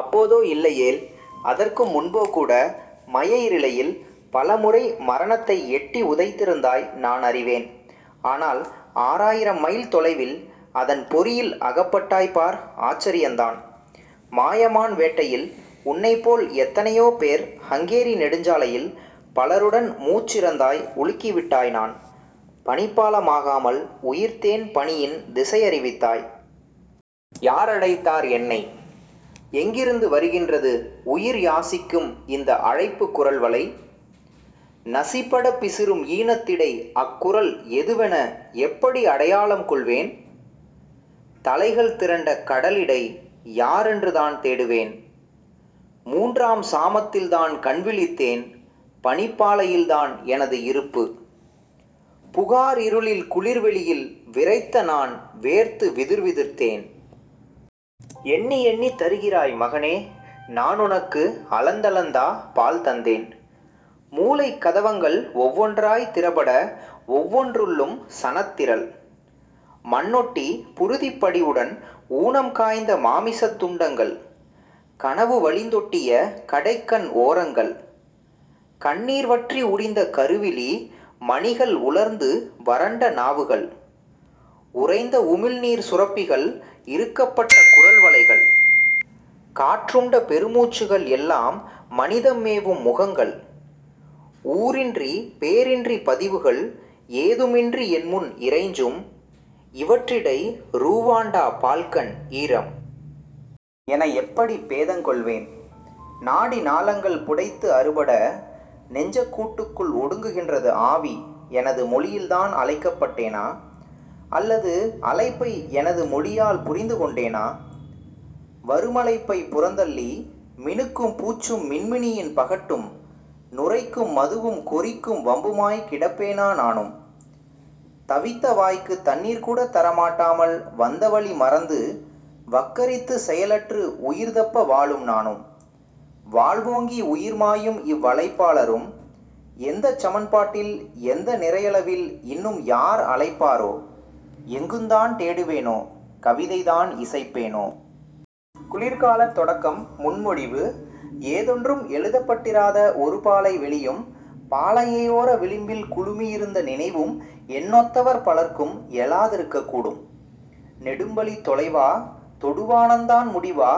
அப்போதோ இல்லையேல் அதற்கும் முன்போகூட மயிரிழையில் பலமுறை மரணத்தை எட்டி உதைத்திருந்தாய் நான் அறிவேன். ஆனால் ஆறாயிரம் மைல் தொலைவில் அதன் பொறியில் அகப்பட்டாய் பார் ஆச்சரியந்தான். மாயமான் வேட்டையில் உன்னைப்போல் எத்தனையோபேர் ஹங்கேரி நெடுஞ்சாலையில் பலருடன் மூச்சிழந்தாய் உலுக்கிவிட்டாய் நான் பனிப்பாளமாகாமல் உயிர்த்தேன் பணியின் திசையறிவித்தாய். யாரழைத்தார் என்னை? எங்கிருந்து வருகின்றது உயிர்யாசிக்கும் இந்த அழைப்பு குரல்வளை நசிபட பிசிறும் ஈனத்திடை அக்குரல் எதுவென எப்படி அடையாளம் கொள்வேன் தலைகள் திரண்ட கடலிடை யாரென்றுதான் தேடுவேன் மூன்றாம் சாமத்தில்தான் கண்விழித்தேன் பனிப்பாலையில்தான் எனது இருப்பு புகாரிருளில் குளிர்வெளியில் விறைத்த நான் வேர்த்து விதிர்விதிர்த்தேன் எண்ணியெண்ணி தருகிறாய் மகனே நானுனக்கு அளந்தளந்தா பால் தந்தேன் மூளைக்கதவங்கள் ஒவ்வொன்றாய் திறபட ஒவ்வொன்றுள்ளும் சனத்திரள் மண்ஒட்டி புழுதிப்படிவுடன் ஊனம் காய்ந்த மாமிசத்துண்டங்கள் கனவு வழிந்தொட்டிய கடைக்கண் ஓரங்கள் கண்ணீர்வற்றி உரிந்த கருவிழி மணிகள் உலர்ந்து வரண்ட நாவுகள் உறைந்த உமிழ்நீர் சுரப்பிகள் இறுக்கப்பட்ட குரல்வளைகள் காற்றுண்ட பெருமூச்சுகள் எல்லாம் மனிதம் மேவும் முகங்கள் ஊரின்றி பேரின்றி பதிவுகள் ஏதுமின்றி என்முன் இறைஞ்சும் இவற்றிடை ரூவாண்டா பால்கன் ஈழம்... என எப்படிப் பேதங் கொள்வேன். நாடி நாளங்கள் புடைத்து அறுபட நெஞ்சக்கூட்டுக்குள் ஒடுங்குகின்றது ஆவி எனது மொழியில்தான் அழைக்கப்பட்டேனா? அல்லது அழைப்பை எனது மொழியால் புரிந்துகொண்டேனா? வருமழைப்பைப் புறந்தள்ளி மினுக்கும் பூச்சும் மின்மினியின் பகட்டும் நுரைக்கும் மதுவும் கொறிக்கும் வம்புமாய் கிடப்பேனா நானும். தவித்த வாய்க்கு தண்ணீர்கூட தரமாட்டாமல் வந்தவழி மறந்து வக்கரித்து செயலற்று உயிர்தப்ப வாழும் நானும் வாழ்வோங்கி உயிர்மாயும் இவ்வழைப்பாளரும் எந்தச் சமன்பாட்டில் எந்த நிறையளவில் இன்னும் யார் அழைப்பாரோ எங்குந்தான் தேடுவேனோ கவிதைதான் இசைப்பேனோ...? குளிர்காலத் தொடக்கம் முன்மொழிவு ஏதொன்றும் எழுதப்பட்டிராத ஒருபாலை வெளியும் பாலையோர விளிம்பில் குழுமியிருந்த நினைவும் என்னொத்தவர் பலர்க்கும் எழாதிருக்கக் கூடும்! நெடும்வழித் தொலைவா? தொடுவானந்தான் முடிவா?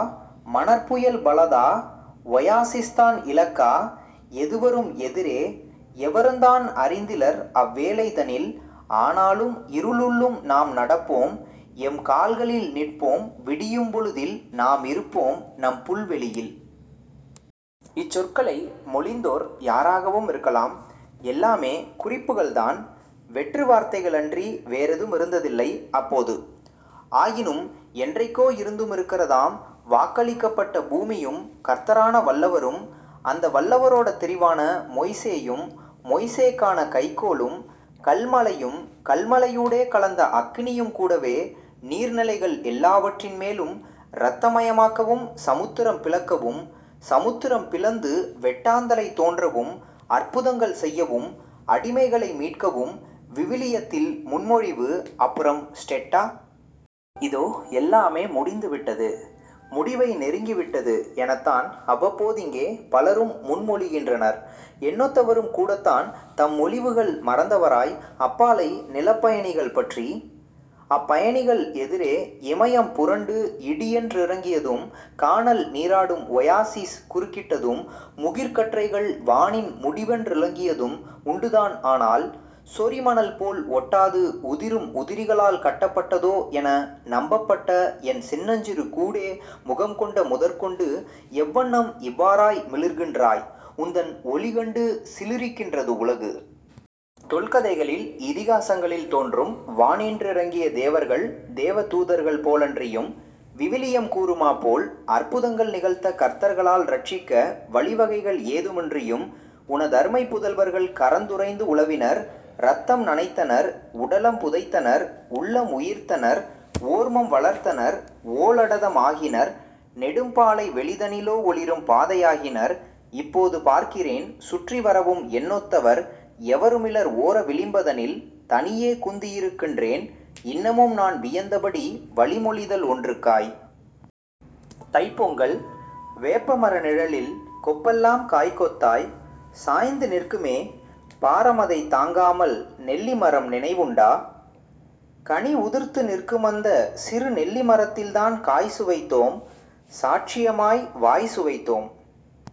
மணற்புயல் பலதா? ஒயாசிஸ்தான் இலக்கா? எதுவரும் எதிரே...? எவருந்தான் அறிந்திலர் அவ்வேளைதனில்; ஆனாலும் இருளுள்ளும் நாம் நடப்போம் எம்கால்களில் நிற்போம் விடியும்பொழுதில் நாமிருப்போம் நம் புல்வெளியில்... இச்சொற்களை மொழிந்தோர் யாராகவும் இருக்கலாம் எல்லாமே குறிப்புகள்தான் வெற்று வார்த்தைகளன்றி வேறெதுமிருந்ததில்லை அப்போது. ஆயினும் என்றைக்கோ இருந்துமிருக்கிறதாம் வாக்களிக்கப்பட்ட பூமியும் கர்த்தரான வல்லவரும் அந்த வல்லவரோட தெரிவான மொய்சேயும் மொய்சேக்கான கைக்கோலும் கல்மழையும் கல்மழையூடே கலந்த அக்கினியும் கூடவே நீர்நிலைகள் எல்லாவற்றின் மேலும் இரத்தமயமாக்கவும் சமுத்திரம் பிளக்கவும் சமுத்திரம் பிளந்து வெட்டாந்தரை தோன்றவும் அற்புதங்கள் செய்யவும் அடிமைகளை மீட்கவும் விவிலியத்தில் முன்மொழிவு அப்புறம் என்ன...? இதோ எல்லாமே முடிந்து விட்டது முடிவை நெருங்கிவிட்டது எனத்தான் அவ்வப்போதிங்கே பலரும் முன்மொழிகின்றனர் என்னொத்தவரும் கூடத்தான் தம்மொழிவுகள் மறந்தவராய் அப்பாலை நிலப்பயணிகள் பற்றி... அப்பயணிகள் எதிரே இமயம் புரண்டு இடியென்றிறங்கியதும் கானல் நீராடும் ஒயாசிஸ் குறுக்கிட்டதும் முகிற்கற்றைகள் வானின் முடிவென்றிலங்கியதும் உண்டுதான் ஆனால்... சொரிமணல் போல் ஒட்டாது உதிரும் உதிரிகளால் கட்டப்பட்டதோ என நம்பப்பட்ட என் சின்னஞ்சிறு கூடே முகம் கொண்ட முதற்கொண்டு எவ்வண்ணம் இவ்வாறாய் மிளிர்கின்றாய் உந்தன் ஒளிகண்டு சிலிரிக்கின்றது உலகு. தொல்கதைகளில் இதிகாசங்களில் தோன்றும் வானின்றிறங்கிய தேவர்கள் தேவதூதர்கள் போலன்றியும் விவிலியம் கூறுமாப்போல் அற்புதங்கள் நிகழ்த்த கர்த்தர்களால் இரட்சிக்க வழிவகைகள் ஏதுமின்றியும் உனதருமைப் புதல்வர்கள் கரந்துறைந்து உலவினர் இரத்தம் நனைத்தனர் உடலம் புதைத்தனர் உள்ளம் உயிர்த்தனர் ஓர்மம் வளர்த்தனர் ஓளடதம் ஆகினர் நெடும்பாலை வெளிதனிலோ ஒளிரும் பாதையாகினர் இப்போது பார்க்கிறேன் சுற்றிவரவும் என்னொத்தவர் எவருமிலர் ஓர விளிம்பதனில் தனியே குந்தியிருக்கின்றேன் இன்னமும் நான் வியந்தபடி வழிமொழிதல் ஒன்றுக்காய்..! தைப்பொங்கல், வேப்பமர நிழலில் கொப்பெல்லாம் காய்க்கொத்தாய் சாய்ந்து நிற்குமே பாரமதைத் தாங்காமல் நெல்லி மரம் நினைவுண்டா? கனி உதிர்த்து நிற்குமந்த சிறு நெல்லி மரத்தில்தான் காய் சுவைத்தோம். சாட்சியமாய் வாய் சுவைத்தோம்.